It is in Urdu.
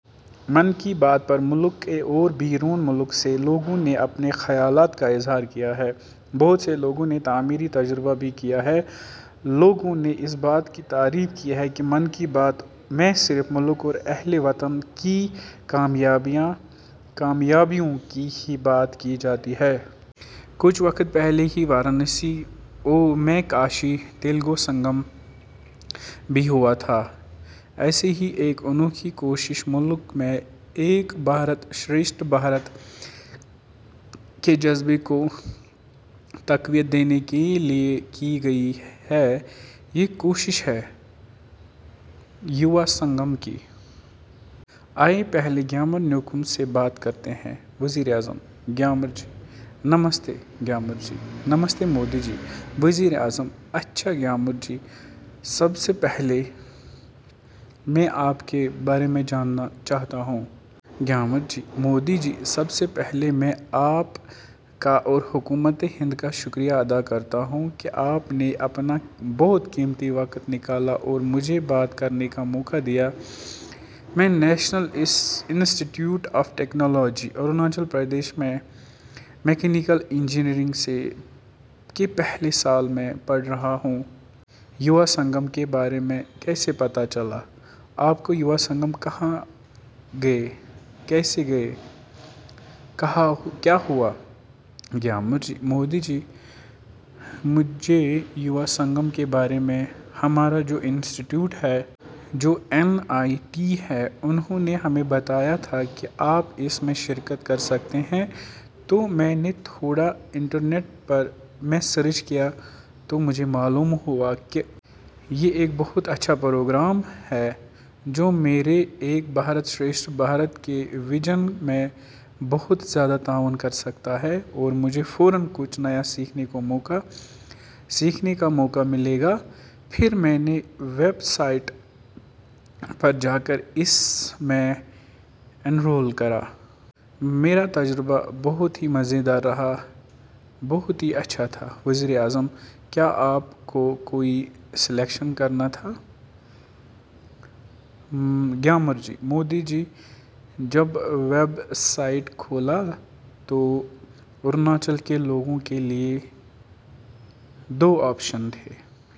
'من کی بات' پر ملک اور بیرون ملک سے لوگوں نے اپنے خیالات کا اظہار کیا ہے۔ بہت سے لوگوں نے تعمیری تجزیہ بھی کیا ہے۔ لوگوں نے اس بات کی تعریف کی ہے کہ 'من کی بات' میں صرف ملک اور اہل وطن کی کامیابیوں کی ہی بات کی جاتی ہے۔ کچھ وقت پہلے ہی وارانسی میں کاشی-تیلگو سنگمم بھی ہوا تھا۔ ایسی ہی ایک انوکھی کوشش ملک میں ایک بھارت، شریشٹھ بھارت کے جذبے کو تقویت دینے کے لیے کی گئی ہے۔ یہ کوشش ہے ، یووا سنگم کی۔ آئیے پہلے گیامر نیوکُم سے بات کرتے ہیں۔ وزیر اعظم: گیامر جی، نمستے! گیامر جی: نمستے مودی جی! وزیر اعظم: اچھا گیامر جی، سب سے پہلے میں آپ کے بارے میں جاننا چاہتا ہوں۔ گیامر جی – مودی جی، سب سے پہلے میں آپ کا اور حکومت ہند کا شکریہ ادا کرتا ہوں کہ آپ نے اپنا بہت قیمتی وقت نکالا اور مجھے بات کرنے کا موقع دیا، میں national institute of technology, Arunachal Pradesh میں مکینیکل انجینئرنگ کے پہلے سال میں پڑھ رہا ہوں۔ یووا سنگم کے بارے میں کیسے پتہ چلا، آپ یووا سنگم کہاں گئے، کیسے گئے، کیا ہوا؟ گیامر جی: مودی جی، مجھے یووا سنگم کے بارے میں ، ہمارا جو انسٹی ٹیوٹ ہے ، جو این آئی ٹی ہیں ، انہوں نے ہمیں بتایا تھا کہ آپ اس میں شرکت کر سکتے ہیں تو میں نے تھوڑا انٹرنیٹ میں سرچ کیا تو مجھے معلوم ہوا کہ یہ ایک بہت اچھا پروگرام ہے، جو میرے ایک بھارت شریشٹھ بھارت کے ویژن میں بہت زیادہ تعاون کر سکتا ہے اور مجھے فوراً کچھ نیا سیکھنے کا موقع ملے گا، پھر میں نے ویب سائٹ پر جا کر اس میں اینرول کرا۔ میرا تجربہ بہت ہی مزیدار رہا ، بہت ہی اچھا تھا۔ وزیراعظم: کیا آپ کو کوئی سلیکشن کرنا تھا؟ گیامر جی: مودی جی ، جب ویب سائٹ کھولا تھا تو اروناچل کے لوگوں کے لیے دو آپشن تھے۔